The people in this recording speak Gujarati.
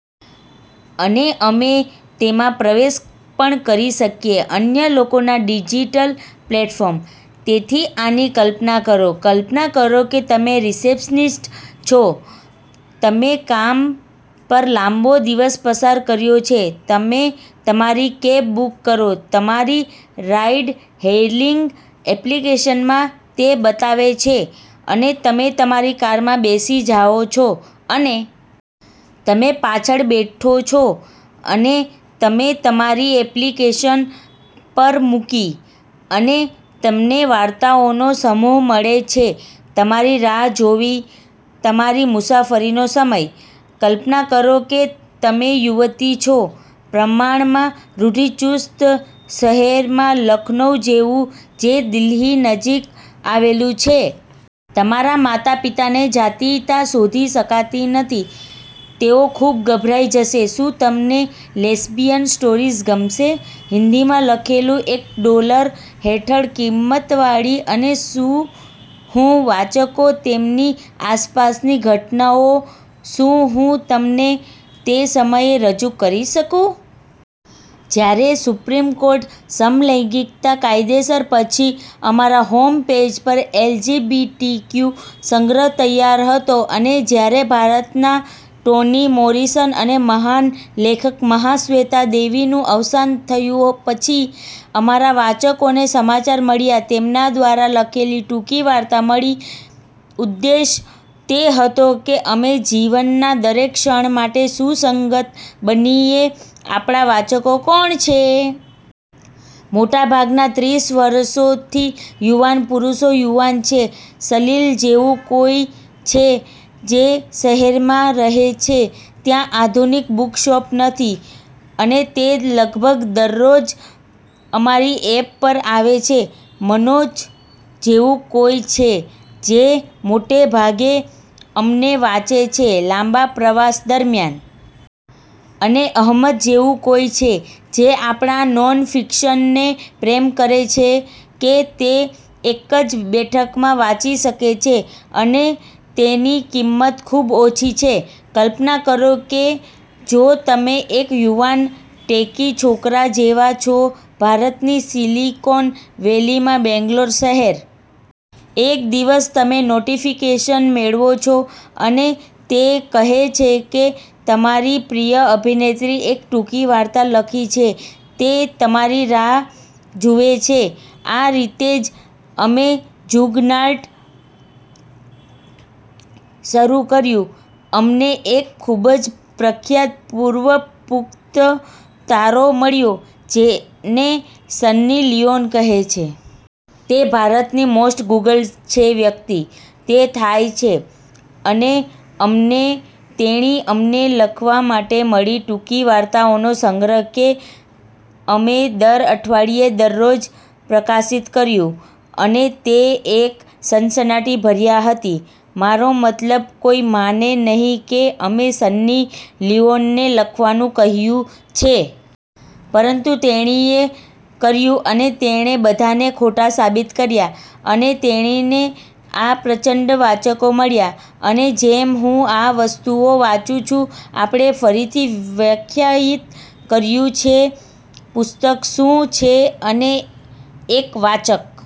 અને અમે તેમાં પ્રવેશ પણ કરી શકીએ અન્ય લોકોના ડિજિટલ પ્લેટફોર્મ. તેથી, આની કલ્પના કરો: કલ્પના કરો કે તમે રિસેપ્શનિસ્ટ છો, તમે કામ પર લાંબો દિવસ પસાર કર્યો છે, તમે તમારી કેબ બુક કરો તમારી રાઇડ-હેઇલિંગ એપ્લિકેશનમાં, તે બતાવે છે, અને તમે તમારી કારમાં બેસી જાઓ છો, અને। તમે પાછળ બેઠો છો, અને તમે તમારી એપ્લિકેશન પર મૂકી. અને તમને વાર્તાઓનો સમૂહ મળે છે તમારી રાહ જોવી, તમારી મુસાફરીનો સમય. કલ્પના કરો કે તમે યુવતી છો, પ્રમાણમાં રૂઢિચુસ્ત શહેરમાં લખનૌ જેવું, જે દિલ્હી નજીક આવેલું છે. તમારા માતાપિતાને જાતિયતા શોધી શકાતી નથી તેઓ ખૂબ ગભરાઈ જશે શું તમને લેસ્બિયન સ્ટોરીઝ ગમશે? હિન્દીમાં લખેલું એક ડોલર હેઠળ કિંમતવાળી અને શું હું વાચકો તેમની આસપાસની ઘટનાઓ શું હું તમને તે સમયે રજૂ કરી શકું? જ્યારે સુપ્રીમ કોર્ટ સમલૈંગિકતા કાયદેસર, પછી અમારા હોમ પેજ પર એલજીબીટીક્યુ સંગ્રહ તૈયાર હતો અને જ્યારે ભારતના ટોની મોરીસન અને મહાન લેખક મહાશ્વેતા દેવીનું અવસાન થયું પછી અમારા વાચકોને સમાચાર મળ્યા તેમના દ્વારા લખેલી ટૂંકી વાર્તા મળી ઉદ્દેશ તે હતો કે અમે જીવનના દરેક ક્ષણ માટે સુસંગત બનીએ આપણા વાચકો કોણ છે? મોટાભાગના ત્રીસ વર્ષોથી યુવાન પુરુષો યુવાન છે સલીલ જેવું કોઈ છે, જે શહેરમાં રહે છે ત્યા આધુનિક બુકશોપ નથી. અને તે લગભગ દરરોજ અમારી એપ પર આવે છે. મનોજ જેવું કોઈ છે, જે મોટે ભાગે અમને વાંચે છે લાંબા પ્રવાસ દરમિયાન. અને અહમદ જેવું કોઈ છે, જે આપણા નોનફિક્શનને પ્રેમ કરે છે કે તે એક જ બેઠકમાં વાંચી શકે છે, અને તેની કિંમત ખૂબ ઓછી છે. કલ્પના કરો કે જો તમે એક યુવાન, ટેકી છોકરા જેવા છો ભારતની સિલિકોન વેલીમાં બેંગ્લોર શહેર. એક દિવસ તમૅ નોટીફીકેશન મેળવો છો અને તે કહે છે કે તમારી પ્રિય અભિનેત્રી એક ટૂંકી વાર્તા લખી છે તે તમારી રાહ જુએ છે આ રીતે જ અમે જુગર્નાટ શરૂ કર્યું. અમને એક ખૂબ જ પ્રખ્યાત પૂર્વ-પુખ્ત તારો મળ્યો, જેને સન્ની લિયોન કહે છે. તે ભારતની મોસ્ટ ગુગલ્ડ છે વ્યક્તિ, તે થાય છે. અને અમને તેણી અમને લખવા માટે મળી ટૂંકી વાર્તાઓનો સંગ્રહ કે અમે દર અઠવાડિયે દરરોજ પ્રકાશિત કર્યું. અને તે એક સનસનાટીભર્યા હતી. મારો મતલબ, કોઈ માને નહીં કે અમે સન્ની લિયોનને લખવાનું કહ્યું છે. પરંતુ તેણીએ કર્યું અને તેણે બધાને ખોટા સાબિત કર્યા, અને તેણીને આ પ્રચંડ વાચકો મળ્યા. અને જેમ હું આ વસ્તુઓ વાંચું છું આપણે ફરીથી વ્યાખ્યાયિત કર્યું છે પુસ્તક શું છે અને એક વાચક